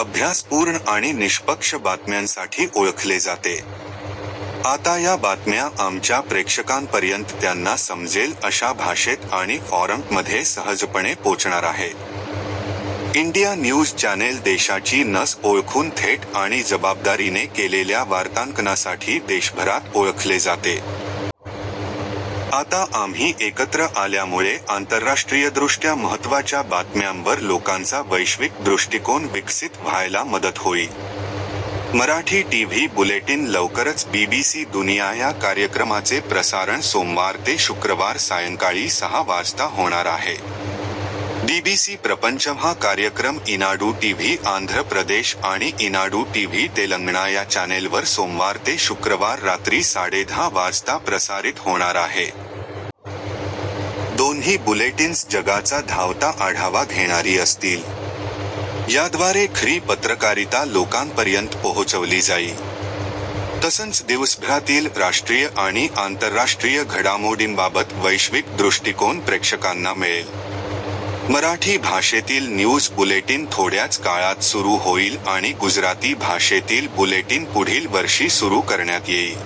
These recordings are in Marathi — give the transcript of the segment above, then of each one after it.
अभ्यासपूर्ण आणि निष्पक्ष बातम्यांसाठी ओळखले जाते. आता या बातम्या आमच्या प्रेक्षकांपर्यंत त्यांना समजेल अशा भाषेत आणि फॉरमॅटमध्ये सहजपणे पोचणार आहेत. "इंडिया न्यूज चॅनेल देशाची नस ओळखून थेट आणि जबाबदारीने केलेल्या वार्तांकनासाठी देशभरात ओळखले जाते. आता आम्ही एकत्र आल्यामुळे आंतरराष्ट्रीयदृष्ट्या महत्त्वाच्या बातम्यांवर लोकांचा वैश्विक दृष्टिकोन विकसित व्हायला मदत होईल. मराठी टीव्ही बुलेटिन लवकरच 'बीबीसी दुनिया' या कार्यक्रमाचे प्रसारण सोमवार ते शुक्रवार सायंकाळी सहा वाजता होणार आहे. 'बीबीसी प्रपंचम' हा कार्यक्रम ईनाडू टीव्ही आंध्र प्रदेश आणि ईनाडू टीव्ही तेलंगणा या चॅनेलवर सोमवार ते शुक्रवार रात्री साडेदहा वाजता प्रसारित होणार आहे. दोन्ही बुलेटिन्स जगाचा धावता आढावा घेणारी असतील. याद्वारे खरी पत्रकारिता लोकांपर्यंत पोहोचवली जाईल. तसंच दिवसभरातील राष्ट्रीय आणि आंतरराष्ट्रीय घडामोडींबाबत वैश्विक दृष्टिकोन प्रेक्षकांना मिळेल. मराठी भाषेतील न्यूज बुलेटिन थोड्याच काळात सुरू होईल आणि गुजराती भाषेतील बुलेटिन पुढील वर्षी सुरू करण्यात येईल.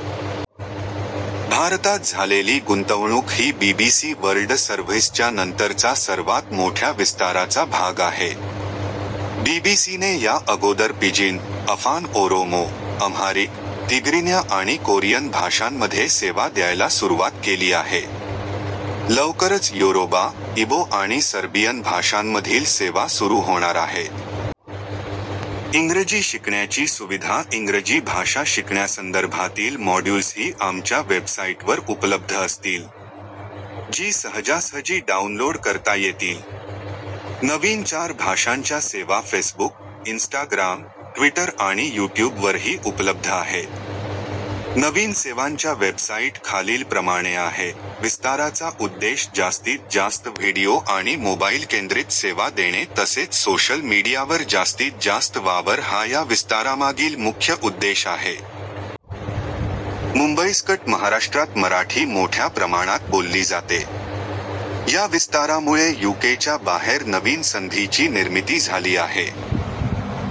भारतात झालेली गुंतवणूक ही बीबीसी वर्ल्ड सर्व्हिसच्या नंतरचा सर्वात मोठ्या विस्ताराचा भाग आहे. बीबीसीने या अगोदर Pidgin, Afaan Oromo, Amharic, Tigrinya आणि कोरियन भाषांमध्ये सेवा द्यायला सुरुवात केली आहे. लवकरच योरोबा, इबो आणि सर्बियन भाषांमधील सेवा सुरू होणार आहेत. इंग्रजी शिकण्याची सुविधा - इंग्रजी भाषा शिकण्यासंदर्भातील मॉड्यूल्सही आमच्या वेबसाईटवर उपलब्ध असतील. जी सहजासहजी डाऊनलोड करता येतील. नवीन चार भाषांच्या सेवा फेसबुक, इन्स्टाग्राम, ट्विटर आणि यूट्यूबवरही उपलब्ध आहेत. नवीन सेवांच्या वेबसाईट खालीलप्रमाणे आहेत; विस्ताराचा उद्देश जास्तीत जास्त व्हिडिओ आणि मोबाईलकेंद्रित सेवा देणे तसेच सोशल मीडियावर जास्तीत जास्त वावर हा या विस्तारामागील मुख्य उद्देश आहे. मुंबईसकट महाराष्ट्रात मराठी मोठ्या प्रमाणात बोलली जाते. या विस्तारामुळे यूकेच्या बाहेर नवीन संधीची निर्मिती झाली आहे.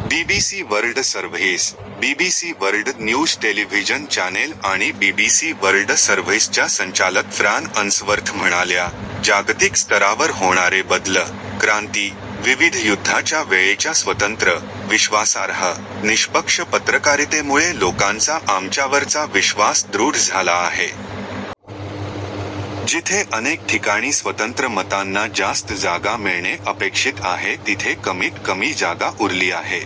BBC world service, BBC world news television channel आणि बीबीसी वर्ल्ड सर्व्हिसच्या संचालक फ्रॅन अन्सवर्थ म्हणाल्या, "जागतिक स्तरावर होणारे बदल, क्रांती, विविध युद्धाच्या वेळेच्या स्वतंत्र, विश्वासार्ह, निष्पक्ष पत्रकारितेमुळे लोकांचा आमच्यावरचा विश्वास दृढ झाला आहे." "जिथे अनेक ठिकाणी स्वतंत्र मतांना जास्त जागा मिळणे अपेक्षित आहे तिथे कमीत कमी जागा उरली आहे.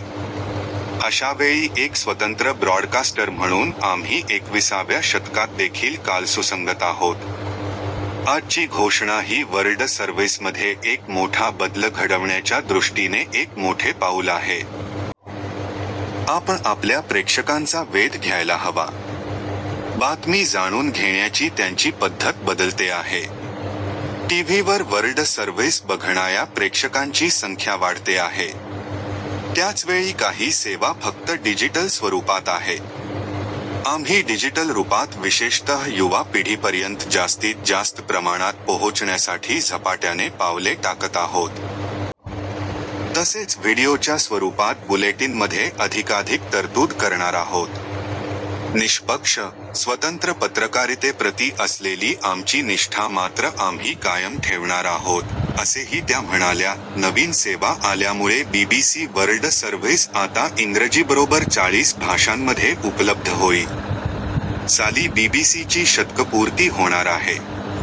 अशा वेळी एक स्वतंत्र ब्रॉडकास्टर म्हणून आम्ही एकविसाव्या शतकातदेखील कालसुसंगत आहोत." "आजची घोषणा ही वर्ल्ड सर्व्हिसमध्ये एक मोठा बदल घडवण्याच्या दृष्टीने एक मोठे पाऊल आहे." "आपण आपल्या प्रेक्षकांचा वेध घ्यायला हवा. बातमी जाणून घेण्याची त्यांची पद्धत बदलते आहे. टीव्हीवर वर्ल्ड सर्व्हिस बघणाऱ्या प्रेक्षकांची संख्या वाढते आहे. त्याचवेळी काही सेवा फक्त डिजिटल स्वरूपात आहेत. आम्ही डिजिटल रुपात विशेषतः युवा पिढीपर्यंत जास्तीत जास्त प्रमाणात पोहोचण्यासाठी झपाट्याने पावले टाकत आहोत. तसेच व्हिडिओच्या स्वरूपात बुलेटिनमध्ये अधिकाधिक तरतूद करणार आहोत." "निष्पक्ष, स्वतंत्र पत्रकारितेप्रती असलेली आमची निष्ठा मात्र आम्ही कायम ठेवणार आहोत," असेही त्या म्हणाल्या. नवीन सेवा आल्यामुळे बीबीसी वर्ल्ड सर्व्हिस आता इंग्रजीबरोबर चाळीस भाषांमध्ये उपलब्ध होईल. साली बीबीसीची शतकपूर्ती होणार आहे.